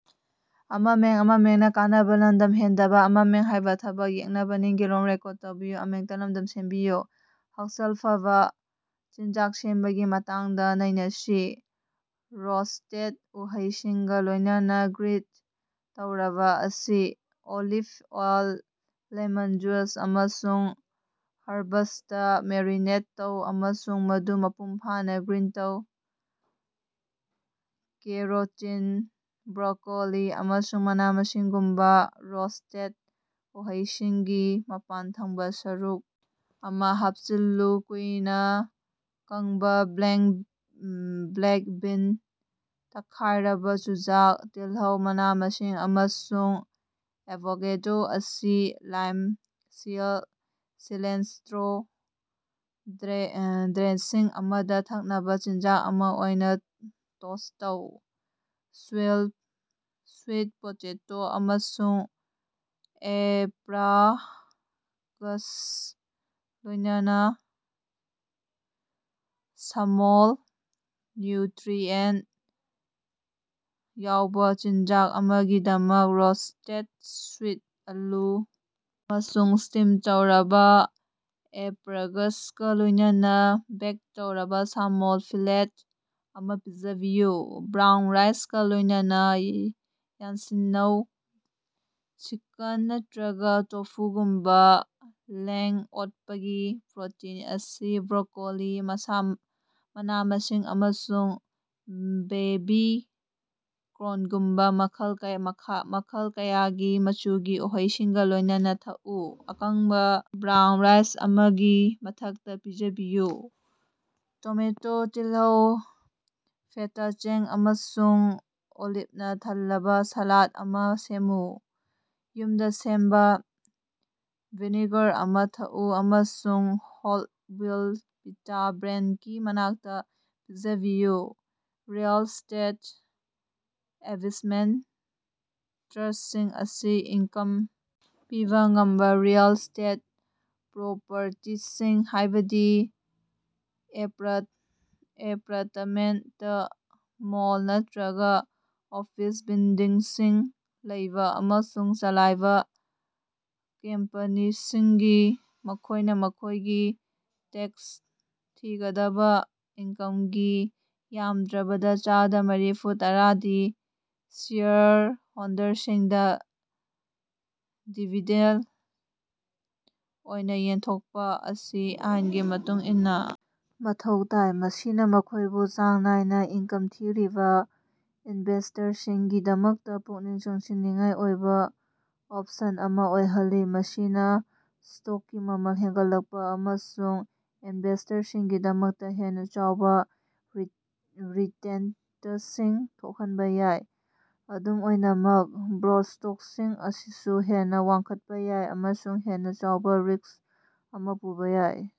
ꯍꯛꯁꯦꯜ ꯐꯕꯥ ꯆꯤꯟꯖꯥꯛ ꯁꯦꯝꯕꯒꯤ ꯃꯇꯥꯡꯗ ꯅꯩꯅꯁꯤ꯫ ꯔꯣꯁꯇꯦꯠ ꯎꯍꯩꯁꯤꯡꯒꯥ ꯂꯣꯏꯅꯅꯥ ꯒ꯭ꯔꯤꯜ ꯇꯧꯔꯕꯥ ꯑꯁꯤ ꯑꯣꯂꯤꯞ ꯑꯣꯏꯜ, ꯂꯦꯃꯟ ꯖꯨꯁ ꯑꯃꯁꯨꯡ ꯍꯔꯕꯁꯇꯥ ꯃꯦꯔꯤꯅꯦꯠ ꯇꯧ ꯑꯃꯁꯨꯡ ꯃꯗꯨ ꯃꯄꯨꯡꯐꯥꯅꯥ ꯒ꯭ꯔꯤꯜ ꯇꯧ꯫ ꯀꯦꯔꯣꯇꯤꯟ, ꯕ꯭ꯔꯣꯀꯣꯂꯤ, ꯑꯃꯁꯨꯡ ꯃꯅꯥ-ꯃꯁꯤꯡꯒꯨꯝꯕꯥ ꯔꯣꯁꯇꯦꯠ ꯎꯍꯩꯁꯤꯡꯒꯤ ꯃꯄꯥꯟꯊꯪꯕꯥ ꯁꯔꯨꯛ ꯑꯃꯥ ꯍꯥꯞꯆꯤꯜꯂꯨ꯫ ꯀꯨꯏꯅꯥ ꯀꯪꯉꯕꯥ ꯕꯂꯦꯡ ꯕ꯭ꯂꯦꯛ ꯕꯤꯟ, ꯇꯛꯈꯥꯏꯔꯕꯥ ꯆꯨꯖꯥꯛ, ꯇꯤꯜꯍꯧ, ꯃꯅꯥ-ꯃꯁꯤꯡ ꯑꯃꯁꯨꯡ ꯑꯦꯚꯣꯀꯦꯗꯣ ꯑꯁꯤ ꯂꯥꯏꯝ-ꯁꯤꯂꯦꯟꯇ꯭ꯔꯣ ꯗꯔꯦ ꯗ꯭ꯔꯦꯁꯤꯡ ꯑꯃꯗꯥ ꯊꯛꯅꯕꯥ ꯆꯤꯟꯖꯥꯛ ꯑꯃꯥ ꯑꯣꯏꯅꯥ ꯇꯣꯁ ꯇꯧ꯫ ꯁ꯭ꯋꯤꯠ ꯄꯣꯇꯦꯇꯣ ꯑꯃꯁꯨꯡ ꯑꯦꯁꯄ꯭ꯔꯥꯒꯁ ꯂꯣꯏꯅꯅꯥ ꯁꯥꯜꯃꯣꯟ ꯅ꯭ꯌꯨꯇ꯭ꯔꯤꯑꯦꯟ ꯌꯥꯎꯕꯥ ꯆꯤꯟꯖꯥꯛ ꯑꯃꯒꯤꯗꯃꯛ ꯔꯣꯁꯇꯦꯠ ꯁ꯭ꯋꯤꯠ ꯑꯥꯂꯨ ꯑꯃꯁꯨꯡ ꯁ꯭ꯇꯤꯝ ꯇꯧꯔꯕꯥ ꯑꯦꯁꯄ꯭ꯔꯥꯒꯥꯁꯀꯥ ꯂꯣꯏꯅꯅꯥ ꯕꯦꯛ ꯇꯧꯔꯕꯥ ꯁꯥꯜꯃꯣꯟ ꯐꯤꯂꯦꯠ ꯑꯃꯥ ꯄꯤꯖꯕꯤꯌꯨ꯫ ꯕ꯭ꯔꯥꯎꯟ ꯔꯥꯏꯁꯀꯥ ꯂꯣꯏꯅꯅꯥ ꯌꯥꯟꯁꯤꯟꯅꯧ: ꯆꯤꯀꯟ ꯅꯠꯇ꯭ꯔꯒꯥ ꯇꯣꯐꯨꯒꯨꯝꯕꯥ ꯂꯦꯡ-ꯑꯣꯠꯄꯒꯤ ꯄ꯭ꯔꯣꯇꯤꯟ ꯑꯁꯤ ꯕ꯭ꯔꯣꯀꯣꯂꯤ, ꯃꯅꯥ-ꯃꯁꯤꯡ ꯑꯃꯁꯨꯡ ꯕꯦꯕꯤ ꯀꯣꯔꯟꯒꯨꯝꯕꯥ ꯃꯈꯜ ꯀꯌꯥ ꯃꯈꯜ ꯀꯌꯥꯒꯤ ꯃꯆꯨꯒꯤ ꯎꯍꯩꯁꯤꯡꯒꯥ ꯂꯣꯏꯅꯅꯥ ꯊꯛꯎ꯫ ꯑꯀꯪꯕꯥ ꯕ꯭ꯔꯥꯎꯟ ꯔꯥꯏꯁ ꯑꯃꯒꯤ ꯃꯊꯛꯇꯥ ꯄꯤꯖꯕꯤꯌꯨ꯫ ꯇꯣꯃꯦꯇꯣ, ꯇꯤꯜꯍꯧ, ꯐꯦꯇꯥ ꯆꯦꯡ ꯑꯃꯁꯨꯡ ꯑꯣꯂꯤꯞꯅꯥ ꯊꯜꯂꯕꯥ ꯁꯥꯂꯥꯗ ꯑꯃꯥ ꯁꯦꯝꯃꯨ꯫ ꯌꯨꯝꯗꯥ ꯁꯦꯝꯕꯥ ꯚꯤꯅꯦꯒ꯭ꯔꯦꯠ ꯑꯃꯥ ꯊꯥꯛꯎ ꯑꯃꯁꯨꯡ ꯍꯣꯜ ꯋꯤꯠ ꯄꯤꯇꯥ ꯕ꯭ꯔꯦꯠꯀꯤ ꯃꯅꯥꯛꯇꯥ ꯄꯤꯖꯕꯤꯌꯨ꯫ ꯔꯤꯑꯦꯜ ꯁ꯭ꯇꯦꯠ ꯏꯟꯚꯦꯁꯃꯦꯟꯇ ꯇ꯭ꯔꯁꯁꯤꯡ ꯑꯁꯤ ꯏꯟꯀꯝ ꯄꯤꯕꯥ ꯉꯝꯕꯥ ꯔꯤꯑꯦꯜ ꯁ꯭ꯇꯦꯠ ꯄ꯭ꯔꯣꯄꯔꯇꯤꯁꯤꯡ, ꯍꯥꯏꯕꯗꯤ ꯑꯦꯄꯥꯔꯇꯃꯦꯟꯇ, ꯃꯣꯜ, ꯅꯠꯇ꯭ꯔꯒꯥ ꯑꯣꯐꯤꯁ ꯕꯤꯜꯗꯤꯡꯁꯤꯡ ꯂꯩꯕꯥ ꯑꯃꯁꯨꯡ ꯆꯂꯥꯏꯕꯥ ꯀꯝꯄꯅꯤꯁꯤꯡꯅꯤ꯫ ꯃꯈꯣꯏꯅꯥ ꯃꯈꯣꯏꯒꯤ ꯇꯦꯛꯁ ꯊꯤꯒꯗꯕꯥ ꯏꯟꯀꯝꯒꯤ ꯌꯥꯝꯗ꯭ꯔꯕꯗꯥ ꯆꯗꯥ ꯃꯥꯔꯤꯐꯨ ꯇꯔꯥꯗꯤ ꯁꯦꯌꯔ ꯍꯣꯜꯗꯔꯁꯤꯡꯗꯥ ꯗꯤꯕꯤꯗꯦꯟꯗ ꯑꯣꯏꯅꯥ ꯌꯦꯟꯊꯣꯛꯄꯥ ꯑꯁꯤ ꯑꯥꯏꯟꯒꯤ ꯃꯇꯨꯡ ꯏꯟꯅꯥ ꯃꯊꯧ ꯇꯥꯏ, ꯃꯁꯤꯅꯥ ꯃꯈꯣꯏꯕꯨ ꯆꯥꯡ ꯅꯥꯏꯅꯥ ꯏꯟꯀꯝ ꯊꯤꯔꯤꯕꯥ ꯏꯅꯚꯦꯁꯇꯔꯁꯤꯡꯒꯤꯗꯃꯛꯇꯥ ꯄꯨꯛꯅꯤꯡ ꯆꯤꯡꯁꯤꯟꯅꯤꯡꯉꯥꯏ ꯑꯣꯏꯕꯥ ꯑꯣꯞꯁꯟ ꯑꯃꯥ ꯑꯣꯏꯍꯜꯂꯤ꯫ ꯃꯁꯤꯅꯥ ꯁ꯭ꯇꯣꯛꯀꯤ ꯃꯃꯜ ꯍꯦꯟꯒꯠꯂꯛꯄꯥ ꯑꯃꯁꯨꯡ ꯏꯅꯚꯦꯁꯇꯔꯁꯤꯡꯒꯤꯗꯃꯛꯇꯥ ꯍꯦꯟꯅꯥ ꯆꯥꯎꯕꯥ ꯔꯤꯇꯦꯟꯇꯁꯤꯡ ꯊꯣꯛꯍꯟꯕꯥ ꯌꯥꯏ꯫ ꯑꯗꯨꯝ ꯑꯣꯏꯅꯃꯛ, ꯒ꯭ꯔꯣꯠ ꯁ꯭ꯇꯣꯛꯁꯤꯡ ꯑꯁꯤꯁꯨ ꯍꯦꯟꯅꯥ ꯋꯥꯡꯈꯠꯄꯥ ꯌꯥꯏ ꯑꯃꯁꯨꯡ ꯍꯦꯟꯅꯥ ꯆꯥꯎꯕꯥ ꯔꯤꯛꯁ ꯑꯃꯥ ꯄꯨꯕꯥ ꯌꯥꯏ꯫